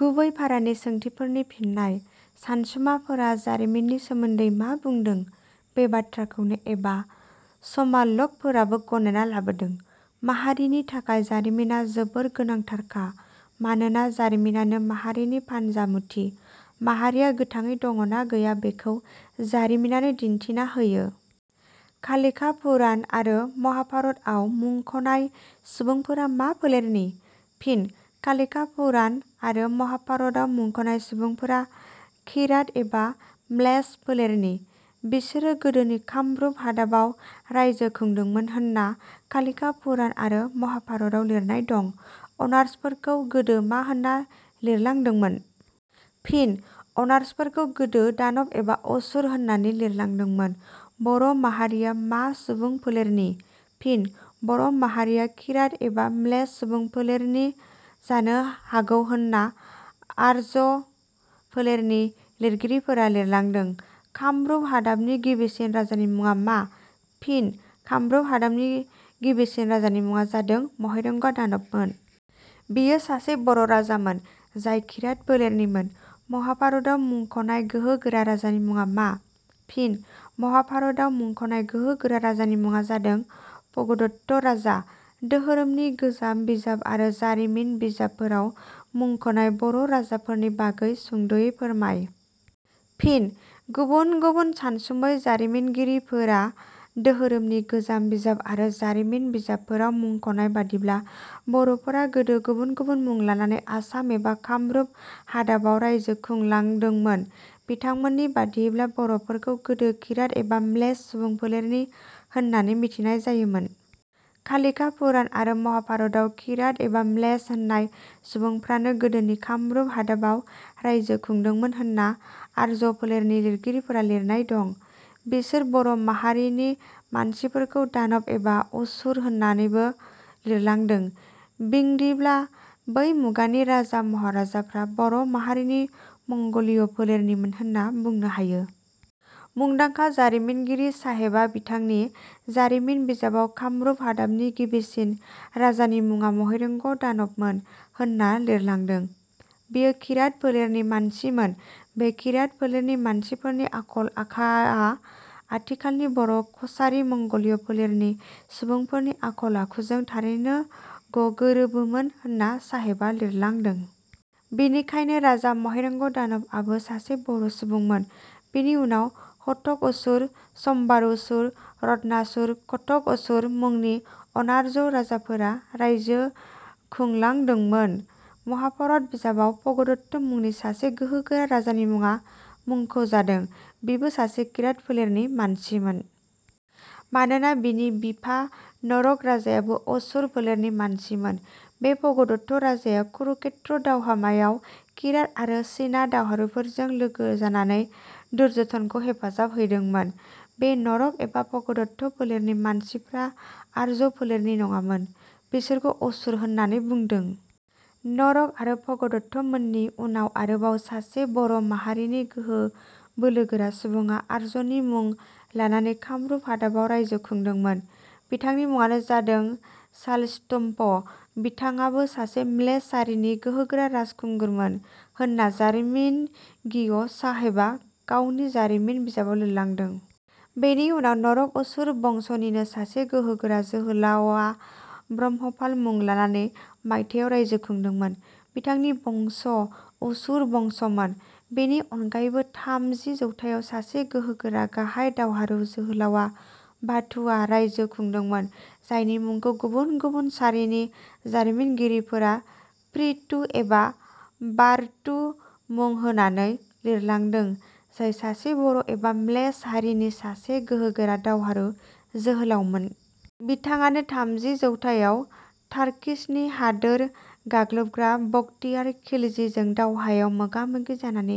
गुबै फारानि सोंथिफोरनि फिननाय ,सानसुमाफोरा जारिमिननि सोमोन्दै मा बुंदों? बे बाथ्राखौनो एबा समाल'क फोराबो गनायना लाबोदों। माहारिनि थाखाय जारिमिना जोबोर गोनांथारखा। मानोना जारिमिनानो माहारिनि फान्जामुथि। माहारिया गोथाङै दङ'ना गैया बेखौ जारिमिनानो दिन्थिना होयो। 'कालिका पुराण' आरो 'महाभारत'आव मुंख'नाय सुबुंफोरा मा फोलेरनि? फिन: 'कालिका पुराण' आरो 'महाभारत'आव मुंख'नाय सुबुंफोरा 'किरात' एबा 'म्लेच्छ' फोलेरनि बिसोरो गोदोनि कामरुप हादाबाव राइजो खुंदोंमोन होनना 'कालिका पुराण' आरो 'महाभारत'आव लिरनाय दं। अनार्जफोरखौ गोदो मा होन्ना लिरलांदोंमोन? फिन: अनार्जफोरखौ गोदो 'दानब' एबा 'असुर' होननानै लिरलांदोंमोन। बर' माहारिया मा सुबुंफोलेरनि? फिन: बर' माहारिया 'किरात' एबा 'म्लेच्छ' सुबुंफोलेरनि जानो हागौ होनना आर्ज्य फोलेरनि लिरगिरिफोरा लिरलांदों। कामरुप हादाबनि गिबिसिन राजानि मुङा मा? फिन: कामरुप हादाबनि गिबिसिन राजानि मुङा जादों महीरंग' दानबमोन। बियो सासे बर' राजामोन जाय 'किरात' फोलेरनिमोन। 'महाभारत'आव मुंखनाय गोहो गोरा राजानि मुङा मा? फिन: 'महाभारत'आव मुंखनाय गोहो गोरा राजानि मुङा जादों 'भगदत्त' राजा। दोहोरोमनि गोजाम बिजाब आरो जारिमिन बिजाबफोराव मुंख'नाय बर' राजाफोरनि बागै सुंद'यै फोरमाय। फिन: गुबुन गुबुन सानसुमै, जारिमिनगिरफोरा दोहोरोमनि गोजाम बिजाब आरो जारिमिन बिजाबफोराव मुंखनाय बादिब्ला, बर'फोरा गोदो गुबुन गुबुन मुं लानानै आसाम एबा कामरूप हादाबाव राइजो खुंदोंलांदोंमोन। बिथांमोननि बादियैब्ला बर'फोरखौ गोदो 'किरात' एबा 'म्लेच्छ' सुबुंफोलेरनि होननानै मिथिनाय जायोमोन। 'कालिका पुराण' आरो 'महाभारत'आव 'किरात' एबा 'म्लेच्छ' होननाय सुबुंफ्रानो गोदोनि कामरुप हादाबाव रायजो खुंदोंमोन होनना आर्ज्य फोलेरनि लिरगिरिफोरा लिरनाय दं। बिसोर बर' माहारिनि मानसिफोरखौ 'दानब' एबा 'असुर' होननानैबो लिरलांदों। बिंदिब्ला बै मुगानि राजा महाराजाफ्रा बर' माहारिनि मंगलिय' फोलेरनिमोन होनना बुंनो हायो। मुंदांखा जारिमिनगिरि साहेबा बिथांनि "" जारिमिन बिजाबाव कामरूप हादाबनि गिबिसिन राजानि मुङा महिरंग दानबमोन होनना लिरलांदों। बियो 'किरात' फोलेरनि मानसिमोन। बे 'किरात' फोलेरनि मानसिफोरनि आखल- आखाआ आथिखालनि बर' कछारी मंगलिय' फोलेरनि सुबुंफोरनि आखल आखुजों थारैनो गगोरोबोमोन होनना साहेबा लिरलांदों। बिनिखायनो राजा महिरंग' दानब आबो सासे बर' सुबुंमोन । बिनि उनाव हटक असुर, सम्बार असुर, रत्नासुर, घटक असुर मुंनि अनार्ज राजाफोरा रायजो खुलांदोंमोन। 'महाभारत' बिजाबाव 'भगदत्त' मुंनि सासे गोहोगोरा राजानि मुङा मुंख'जादों। बिबो सासे किरात फोलेरनि मानसिमोन। मानोना बिनि बिफा 'नरक' राजायाबो 'असुर' फोलेरनि मानसिमोन। बे भगदत्त राजाया कुरुक्षेत्र दावहामायाव 'किरात' आरो 'चीना' दावहारुफोरजों लोगो जानानै दुर्जधनखौ हेफाजाब हैदोंमोन। बे 'नरक' एबा 'भगदत्त' फोलेरनि मानसिफ्रा आर्ज फोलेरनि नङामोन। बिसोरखौ असुर होननानै बुंदों। नरक आरो भगदत्त मोननि उनाव आरोबाव सासे बर' माहारिनि गोहो बोलोगोरा सुबुङा आर्जनि मुं लानानै कामरुप हादाबाव राइजो खुंदोंमोन। बिथांनि मुङानो जादों 'शालस्तम्भ'। बिथांङाबो सासे म्लेच्छ हारिनि गोहोगोरा राजखुंगुरमोन होनना जारिमिनगिय साहेबा गावनि जारिमिन बिजाबाव लिरलांदों। बेनि उनाव नरक असुर बंसनिनो सासे गोहोगोरा जोहोलावा 'ब्रह्मपाल' मुं लानानै मायथायाव रायजो खुदोंमोन। बिथांनि बंश' 'असुर बंस'मोन। बेनि अनगायैबो थामजि जौथायाव सासे गोहोगोरा गाहाइ दावहारु जोहोलावा 'बाथु'आ राइजो खुंदोंमोन जायनि मुंखौ गुबुन गुबुन सारिनि जारिमिनगिरिफोरा 'पृथु' एबा 'बार्थु' मुं होनानै लिरलांदों जाय सासे बर' एबा म्लेच्छ हारिनि सासे गोहोगोरा दावहारु जोहोलावमोन। बिथाङानो थामजि जौथायाव तार्किसनि हादोर गाग्लोबग्रा बकटियार खिलजिजों दावहायाव मोगा - मोगि जानानै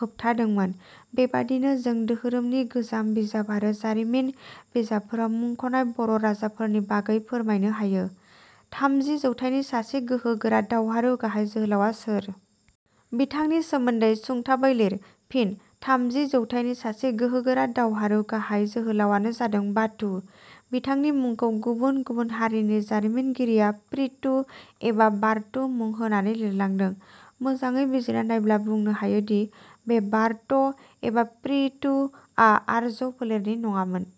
होबथादोंमोन। बेबादिनो जों दोहोरोमनि गोजाम बिजाब आरो जारिमिन बिजाबफोराव मुंख'नाय बर' राजाफोरनि बागै फोरमायनो हायो। थामजि जौथाइनि सासे गोहो गोरा दावहारु गाहाइ जोहोलावा सोर? बिथांनि सोमोन्दै सुंथाबै लिर । फिन: थामजि जौथाइनि सासे गोहोगोरा दावहारु गाहाइ जोहोलावानो जादों- 'बाथु'। बिथांनि मुंखौ गुबुन गुबुन हारिनि जारिमिनगिरिया 'पृथु' एबा 'बार्थु' मुं होनानै लिरलांदों। मोजाडै बिजिरना नायब्ला बुंनो हायो दि बे 'बार्थ' एबा 'पृथु' आ आर्ज्य फोलेरनि नङामोन।